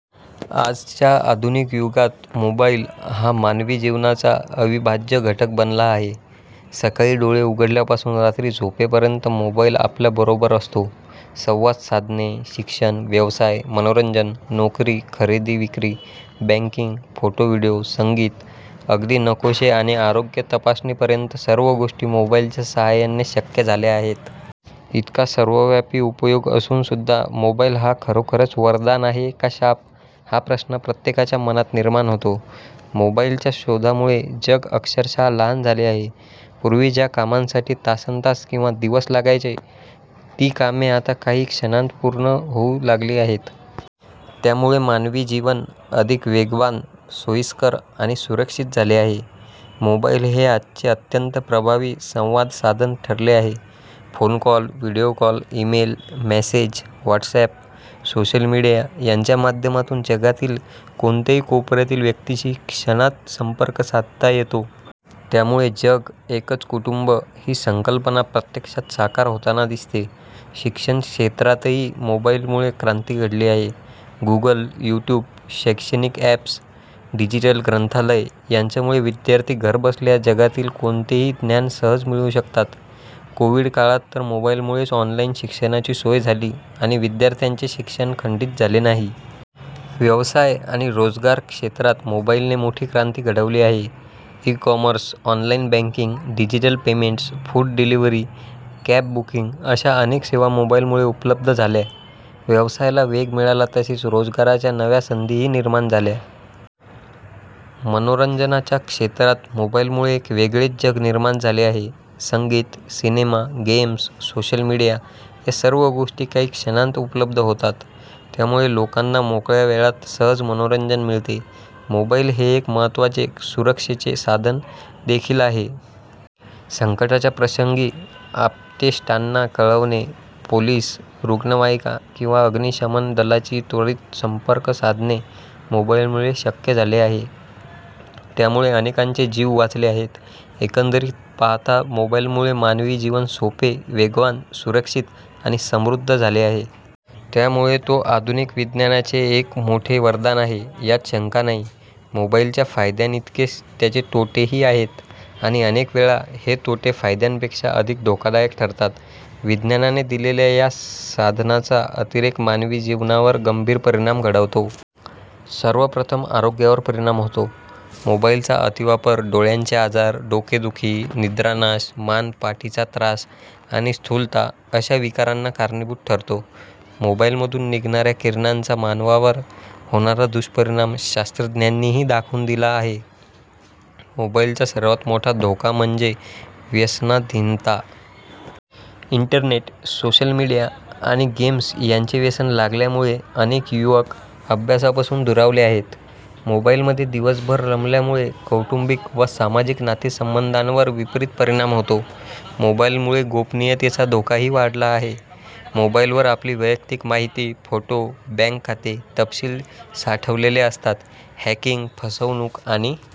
आजच्या आधुनिक युगात मोबाईल हा मानवी जीवनाचा अविभाज्य घटक बनला आहे. सकाळी डोळे उघडल्यापासून रात्री झोपेपर्यंत मोबाईल आपल्याबरोबर असतो. संवाद साधणे, शिक्षण, व्यवसाय, मनोरंजन, नोकरी, खरेदी विक्री, बँकिंग, फोटो व्हिडिओ, संगीत, अगदी नकाशे आणि आरोग्य तपासणीपर्यंत सर्व गोष्टी मोबाईलच्या साहाय्याने शक्य झाल्या आहेत. इतका सर्वव्यापी उपयोग असूनसुद्धा मोबाईल हा खरोखरच वरदान आहे का शाप, हा प्रश्न प्रत्येकाच्या मनात निर्माण होतो. मोबाईलच्या शोधामुळे जग अक्षरशः लहान झाले आहे. पूर्वी ज्या कामांसाठी तासन्तास किंवा दिवस लागायचे, ती कामे आता काही क्षणांत पूर्ण होऊ लागली आहेत. त्यामुळे मानवी जीवन अधिक वेगवान, सोयीस्कर आणि सुरक्षित झाले आहे. मोबाईल हे आजचे अत्यंत प्रभावी संवादसाधन ठरले आहे. Phone call, video call, email, message, WhatsApp, social media यांच्या माध्यमातून जगातील कोणत्याही कोपऱ्यातील व्यक्तीशी क्षणात संपर्क साधता येतो. त्यामुळे जग एकच कुटुंब ही संकल्पना प्रत्यक्षात साकार होताना दिसते. शिक्षण क्षेत्रातही मोबाईलमुळे क्रांती घडली आहे. गूगल, यूट्यूब, शैक्षणिक अॅप्स, डिजिटल ग्रंथालय यांच्यामुळे विद्यार्थी घरबसल्या जगातील कोणतेही ज्ञान सहज मिळवू शकतात. कोविड काळात तर मोबाईलमुळेच ऑनलाईन शिक्षणाची सोय झाली आणि विद्यार्थ्यांचे शिक्षण खंडित झाले नाही. व्यवसाय आणि रोजगार क्षेत्रात मोबाईलने मोठी क्रांती घडवली आहे. E commerce, online banking, digital payments, food delivery, cab booking अशा अनेक सेवा मोबाईलमुळे उपलब्ध झाल्या. व्यवसायाला वेग मिळाला तसेच रोजगाराच्या नव्या संधीही निर्माण झाल्या. मनोरंजनाच्या क्षेत्रात मोबाईलमुळे एक वेगळेच जग निर्माण झाले आहे. संगीत, सिनेमा, गेम्स, सोशल मीडिया या सर्व गोष्टी काही क्षणांत उपलब्ध होतात. त्यामुळे लोकांना मोकळ्या वेळात सहज मनोरंजन मिळते. मोबाईल हे एक महत्त्वाचे सुरक्षेचे साधन देखील आहे. संकटाच्या प्रसंगी आप्तेष्टांना कळवणे, पोलिस, रुग्णवाहिका किंवा अग्निशमन दलाशी त्वरित संपर्क साधणे मोबाईलमुळे शक्य झाले आहे. त्यामुळे अनेकांचे जीव वाचले आहेत. एकंदरीत पाहता मोबाईलमुळे मानवी जीवन सोपे, वेगवान, सुरक्षित आणि समृद्ध झाले आहे. त्यामुळे तो आधुनिक विज्ञानाचे एक मोठे वरदान आहे, यात शंका नाही. मोबाईलच्या फायद्यांइतकेच त्याचे तोटेही आहेत आणि अनेक वेळा हे तोटे फायद्यांपेक्षा अधिक धोकादायक ठरतात. विज्ञानाने दिलेल्या या साधनाचा अतिरेक मानवी जीवनावर गंभीर परिणाम घडवतो. सर्वप्रथम आरोग्यावर परिणाम होतो. मोबाईलचा अतिवापर डोळ्यांचे आजार, डोकेदुखी, निद्रानाश, मान पाठीचा त्रास आणि स्थूलता अशा विकारांना कारणीभूत ठरतो. मोबाईलमधून निघणाऱ्या किरणांचा मानवावर होणारा दुष्परिणाम शास्त्रज्ञांनीही दाखवून दिला आहे. मोबाईलचा सर्वात मोठा धोका म्हणजे व्यसनाधीनता. इंटरनेट, सोशल मीडिया आणि गेम्स यांचे व्यसन लागल्यामुळे अनेक युवक अभ्यासापासून दुरावले आहेत. मोबाईलमध्ये दिवसभर रमल्यामुळे कौटुंबिक व सामाजिक नातेसंबंधांवर विपरीत परिणाम होतो. मोबाईलमुळे गोपनीयतेचा धोकाही वाढला आहे. मोबाईलवर आपली वैयक्तिक माहिती, फोटो, बँक खाते तपशील साठवलेले असतात. हॅकिंग, फसवणूक आणि